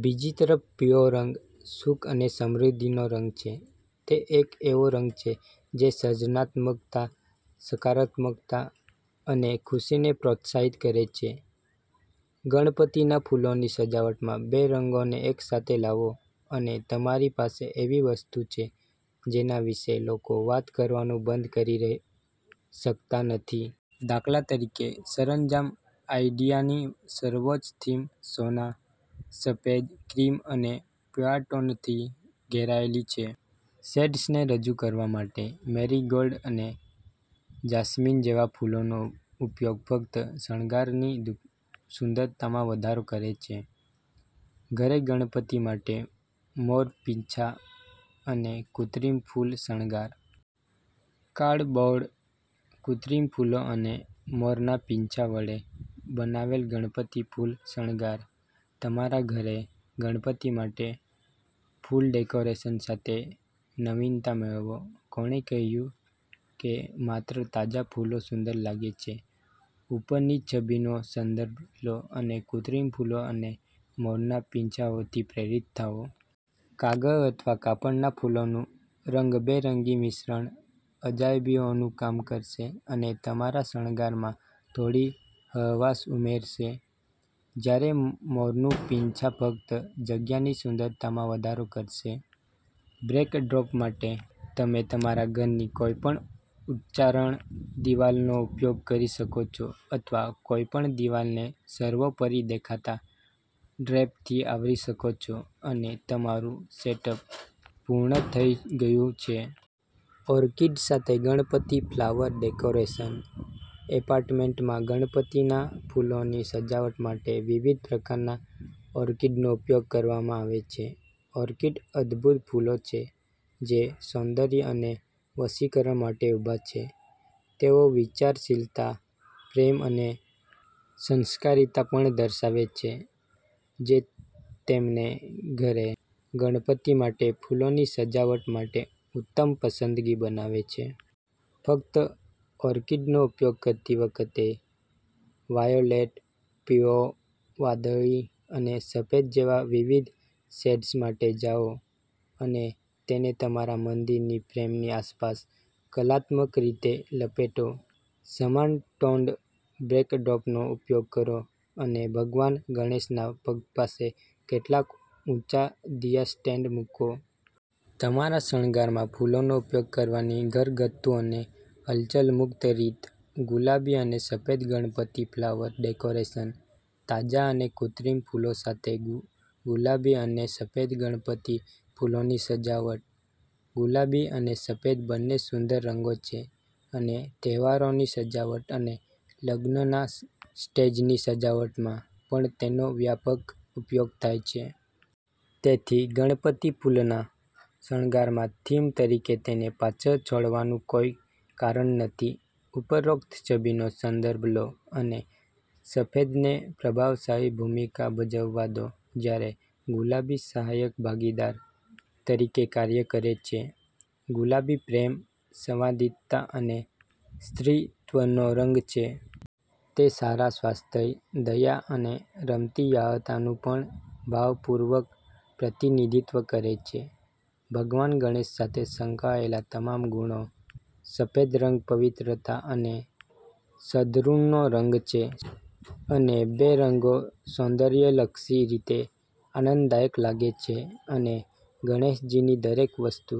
બીજી તરફ પીળો રંગ સુખ અને સમૃદ્ધિનો રંગ છે. તે એક એવો રંગ છે જે સર્જનાત્મકતા, સકારાત્મકતા અને ખુશીને પ્રોત્સાહિત કરે છે. ગણપતિના ફૂલોની સજાવટમાં બે રંગોને એકસાથે લાવો, અને તમારી પાસે એવી વસ્તુ છે જેના વિશે લોકો વાત કરવાનું બંધ કરી શકતા નથી. દાખલા તરીકે, સરંજામ આઈડિયાની સર્વોચ્ચ થીમ સોના, સફેદ, ક્રીમ અને પીળા ટોનથી ઘેરાયેલી છે. શેડ્સને રજૂ કરવા માટે મેરીગોલ્ડ અને જાસ્મિન જેવા ફૂલોનો ઉપયોગ ફક્ત શણગારની સુંદરતામાં વધારો કરે છે. ઘરે ગણપતિ માટે મોર પીંછા અને કૃત્રિમ ફૂલ શણગાર. કાર્ડબોર્ડ, કૃત્રિમ ફૂલો અને મોરના પીંછા વડે બનાવેલ ગણપતિ ફૂલ શણગાર. તમારા ઘરે ગણપતિ માટે ફૂલ ડેકોરેશન સાથે નવીનતા મેળવો. કોણે કહ્યું કે માત્ર તાજા ફૂલો સુંદર લાગે છે? ઉપરની છબીનો સંદર્ભ લો અને કૃત્રિમ ફૂલો અને મોરના પીછાઓથી પ્રેરિત થાઓ. કાગળ અથવા કાપડના ફૂલોનું રંગબેરંગી મિશ્રણ અજાયબીઓનું કામ કરશે અને તમારા શણગારમાં થોડી હળવાશ ઉમેરશે, જ્યારે મોરનું પીંછા ફક્ત જગ્યાની સુંદરતામાં વધારો કરશે. બેકડ્રોપ માટે, તમે તમારા ઘરની કોઈપણ ઉચ્ચારણ દિવાલનો ઉપયોગ કરી શકો છો અથવા કોઈપણ દિવાલને સર્વોપરી દેખાતા ડ્રેપથી આવરી શકો છો, અને તમારું સેટઅપ પૂર્ણ થઈ ગયું છે! ઓર્કિડ સાથે ગણપતિ ફ્લાવર ડેકોરેશન. એપાર્ટમેન્ટમાં ગણપતિના ફૂલોની સજાવટ માટે વિવિધ પ્રકારના ઓર્કિડનો ઉપયોગ કરવામાં આવે છે. ઓર્કિડ અદભૂત ફૂલો છે જે સૌંદર્ય અને વશીકરણ માટે ઊભા છે. તેઓ વિચારશીલતા, પ્રેમ અને સંસ્કારિતા પણ દર્શાવે છે, જે તેમને ઘરે ગણપતિ માટે ફૂલોની સજાવટ માટે ઉત્તમ પસંદગી બનાવે છે. ફક્ત ઓર્કિડનો ઉપયોગ કરતી વખતે, વાયોલેટ, પીળો, વાદળી અને સફેદ જેવા વિવિધ શેડ્સ માટે જાઓ અને તેને તમારા મંદિરની ફ્રેમની આસપાસ કલાત્મક રીતે લપેટો. સમાન ટોન્ડ બેકડ્રોપનો ઉપયોગ કરો અને ભગવાન ગણેશના પગ પાસે કેટલાક ઊંચા દિયા સ્ટેન્ડ મૂકો. તમારા શણગારમાં ફૂલોનો ઉપયોગ કરવાની ઘરગથ્થુ અને હલચલ-મુક્ત રીત. ગુલાબી અને સફેદ ગણપતિ ફ્લાવર ડેકોરેશન. તાજા અને કૃત્રિમ ફૂલો સાથે ગુલાબી અને સફેદ ગણપતિ ફૂલોની સજાવટ. ગુલાબી અને સફેદ બંને સુંદર રંગો છે અને તહેવારોની સજાવટ અને લગ્નના સ્ટેજની સજાવટમાં પણ તેનો વ્યાપક ઉપયોગ થાય છે. તેથી, ગણપતિ ફૂલના શણગારમાં થીમ તરીકે તેને પાછળ છોડવાનું કોઈ કારણ નથી. ઉપરોક્ત છબીનો સંદર્ભ લો અને સફેદને પ્રભાવશાળી ભૂમિકા ભજવવા દો જ્યારે ગુલાબી સહાયક ભાગીદાર તરીકે કાર્ય કરે છે. ગુલાબી પ્રેમ, સંવાદિતા અને સ્ત્રીત્વનો રંગ છે. તે સારા સ્વાસ્થ્ય, દયા અને રમતિયાળતાનું પણ ભારપૂર્વક પ્રતિનિધિત્વ કરે છે. ભગવાન ગણેશ સાથે સંકળાયેલા તમામ ગુણો. સફેદ રંગ પવિત્રતા અને સદ્ગુણનો રંગ છે, અને બે રંગો સૌંદર્યલક્ષી રીતે આનંદદાયક લાગે છે અને ગણેશજીની દરેક વસ્તુ